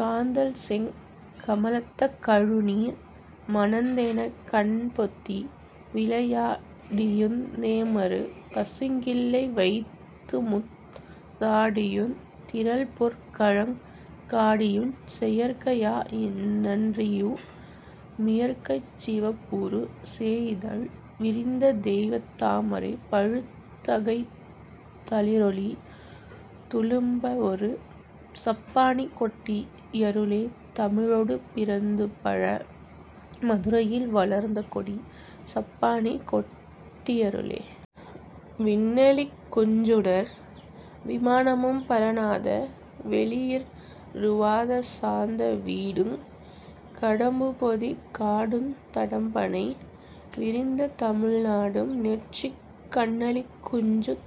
காந்தள்செங் கமலத்த கழுநீர் மணந்தெனக் கண்பொத்தி விளையா டியுந் தேமரு பசுங்கிள்ளை வைத்துமுத் தாடியுந் திரள்பொற் கழங் காடியுஞ் செயற்கையா னன்றியு மியற்கைச் சிவப்பூறு சேயிதழ் விரிந்த தெய்வத் தாமரை பழுத்தகைத் தளிரொளி துளும்பவொரு சப்பாணி கொட்டி யருளே தமிழொடு பிறந்துபழ மதுரையில் வளர்ந்தகொடி சப்பாணி கொட்டியருளே. விண்ணளிக் குஞ்சுடர் விமானமும் பரநாத வெளியிற் றுவாத சாந்த வீடுங் கடம்புபொதி காடுந் தடம்பணை விரிந்த தமிழ்நாடும் நெற்றிக் கண்ணளிக் குஞ்சுந்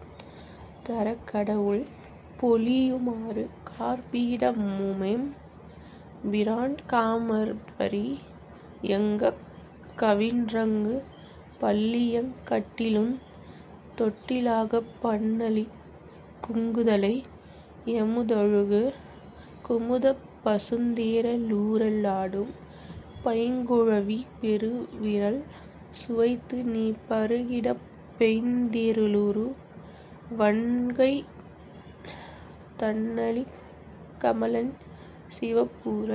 தரக்கடவுள் பொலியுமாறு காற்பீட முமெம் பிரான் காமர்பரி யங்கக் கவின்றங்கு பள்ளியங் கட்டிலுந் தொட்டிலாகப் பண்ணளிக் குங்குதலை யமுதொழுகு குமுதப் பசுந்தேற லூற லாடும் பைங்குழவி பெருவிரல் சுவைத்து நீ பருகிடப் பைந்தேறலூறு வண்கைத் தண்ணளிக் கமலஞ் சிவப்பூற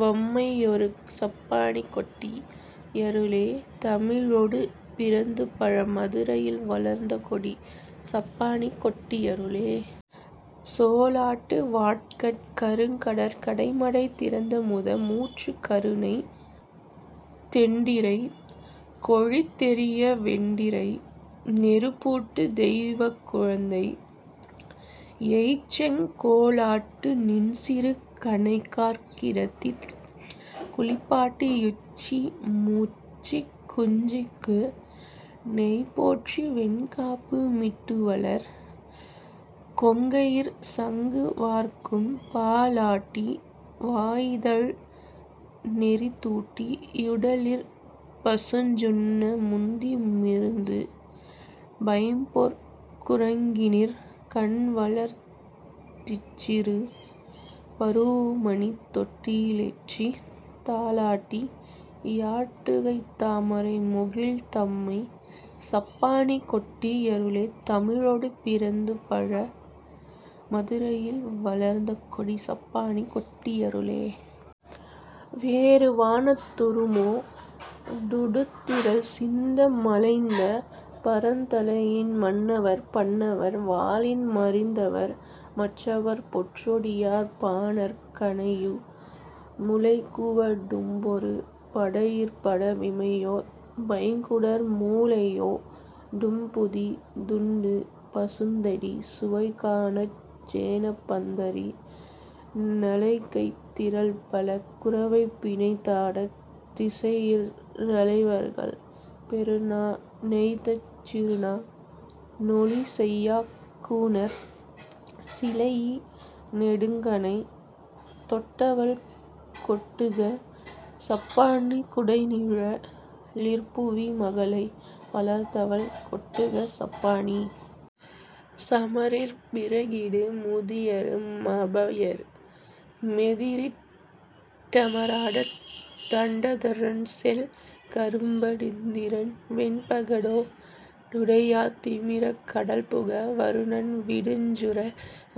வம்மையொரு சப்பாணி கொட்டி யருளே தமிழொடு பிறந்துபழ மதுரையில் வளர்ந்தகொடி சப்பாணி கொட்டி யருளே. சோலாட்டு வாட்கட் கருங்கடற் கடைமடை திறந்தமுத மூற்று கருணைத் தெண்டிரை கொழித்தெறிய வெண்டிரை நெருப்பூட்டு தெய்வக் குழந்தை யைச்செங் கோலாட்டு நின்சிறு கணைக்காற் கிடத்திக் குளிப்பாட்டி யுச்சி முச்சிக் குஞ்சிக்கு நெய்போற்றி வெண்காப்பு மிட்டுவளர் கொங்கையிற் சங்கு வார்க்கும் பாலாட்டி வாயிதழ் நெரித்தூட்டி யுடலிற் பசுஞ்சுண்ண முந்தி மிர்ந்து பைம்பொற் குறங்கினிற் கண்வளர்த் திச்சிறு பரூஉமணித் தொட்டிலேற்றித் தாலாட்டி யாட்டுகைத் தாமரை முகிழ்த்தம்மை சப்பாணி கொட்டி யருளே தமிழொடு பிறந்துபழ மதுரையில் வளர்ந்தகொடி சப்பாணி கொட்டியருளே. வேறு வானத் துருமொ டுடுத்திரள் சிந்த மலைந்த பறந்தலையின் மண்ணவர் பண்ணவர் வாளின் மறிந்தவர் மற்றவர் பொற்றொடியார் பானற் கணையு முலைக்குவ டும்பொரு படையிற் படவிமையோர் பைங்குடர் மூளையொ டும்புதி துண்டு பசுந்தடி சுவைகாணாச் சேனப் பந்தரி னலைகைத் திரள்பல குரவை பிணைத்தாடத் திசையிற் றலைவர்கள் பெருநா ணெய்தச் சிறுநா ணொலிசெய்யாக் கூனற் சிலையி னெடுங்கணை தொட்டவள் கொட்டுக சப்பாணி குடைநிழ லிற்புவி மகளை வளர்த்தவள் கொட்டுக சப்பாணி. சமரிற் பிறகிடு முதியரு மபயரு மெதிரிட் டமராடத் தண்டதரன்செல் கரும்ப டிந்திரன் வெண்பகடோ டுடையாத் திமிரக் கடல்புக வருணன் விடுஞ்சுற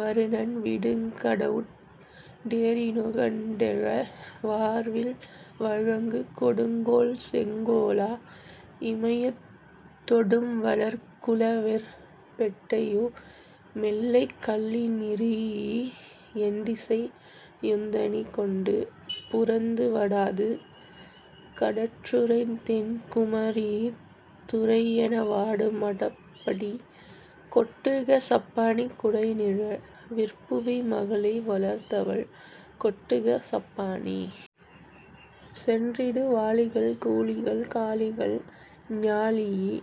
வருணன் விடுங்கடவுட் டேரினுகண்டெழ வார்வில் வழங்கு கொடுங்கோல் செங்கோலா இமயத்தொடும்வளர் குலவெற் பெட்டையு மெல்லைக் கல்லினிறீஇ எண்டிசை யுந்தனி கொண்டு புரந்து வடாது கடற்றுறை தென் குமரித் துறையென வாடு மடப்படி கொட்டுக சப்பாணி குடைநிழ விற்புவி மகளை வளர்த்தவள் கொட்டுக சப்பாணி. சென்றிடு வாளிகள் கூளிகள் காளிகள் ஞாளியி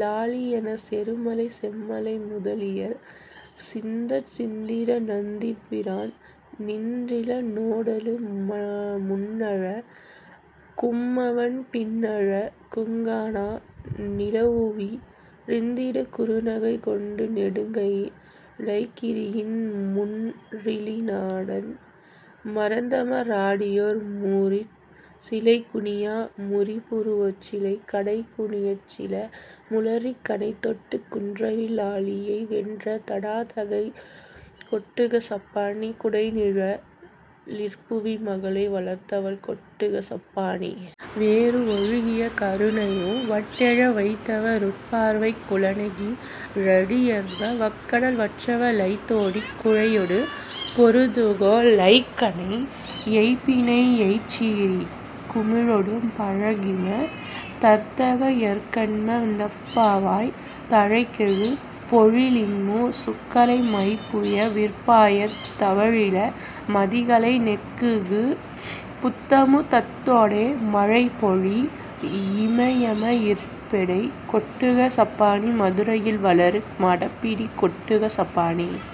லாளியெனச் செருமலை செம்மலை முதலியர் சிந்தச் சிந்திட நந்திபிரான் நின்றில னோடலு முன்னழ கும்மவன் பின்னழ குங்காணா நிலவுவி ரிந்திடு குறுநகை கொண்டு நெடுங்கயி லைக்கிரியின் முன்றிலி னாடன் மறந்தம ராடியொர் மூரிச் சிலைகுனியா முரிபுரு வச்சிலை கடைகுனியச்சில முளரிக் கணைதொட்டுக் குன்றவி லாளியை வென்ற தடாதகை கொட்டுக சப்பாணி குடைநிழ லிற்புவி மகளை வளர்த்தவள் கொட்டுக சப்பாணி. வேறு ஒழுகிய கருணையு வட்டெழ வைத்தவ ருட்பார்வைக் குளநெகி ழடியர்ப வக்கடல் வற்றவ லைத்தோடிக் குழையொடு பொருதுகொ லைக்கணை யைப்பிணை யைச்சீறிக் குமிழொடு பழகிம தர்த்தக யற்கண்ம டப்பாவாய் தழைகெழு பொழிலின்மு சுக்கலை மைப்புய விற்பாயத் தவழிள மதிகலை நெக்குகு புத்தமு தத்தோடே மழைபொழி யிமயம யிற்பெடை கொட்டுக சப்பாணி மதுரையில் வளரு மடப்பிடி கொட்டுக சப்பாணி.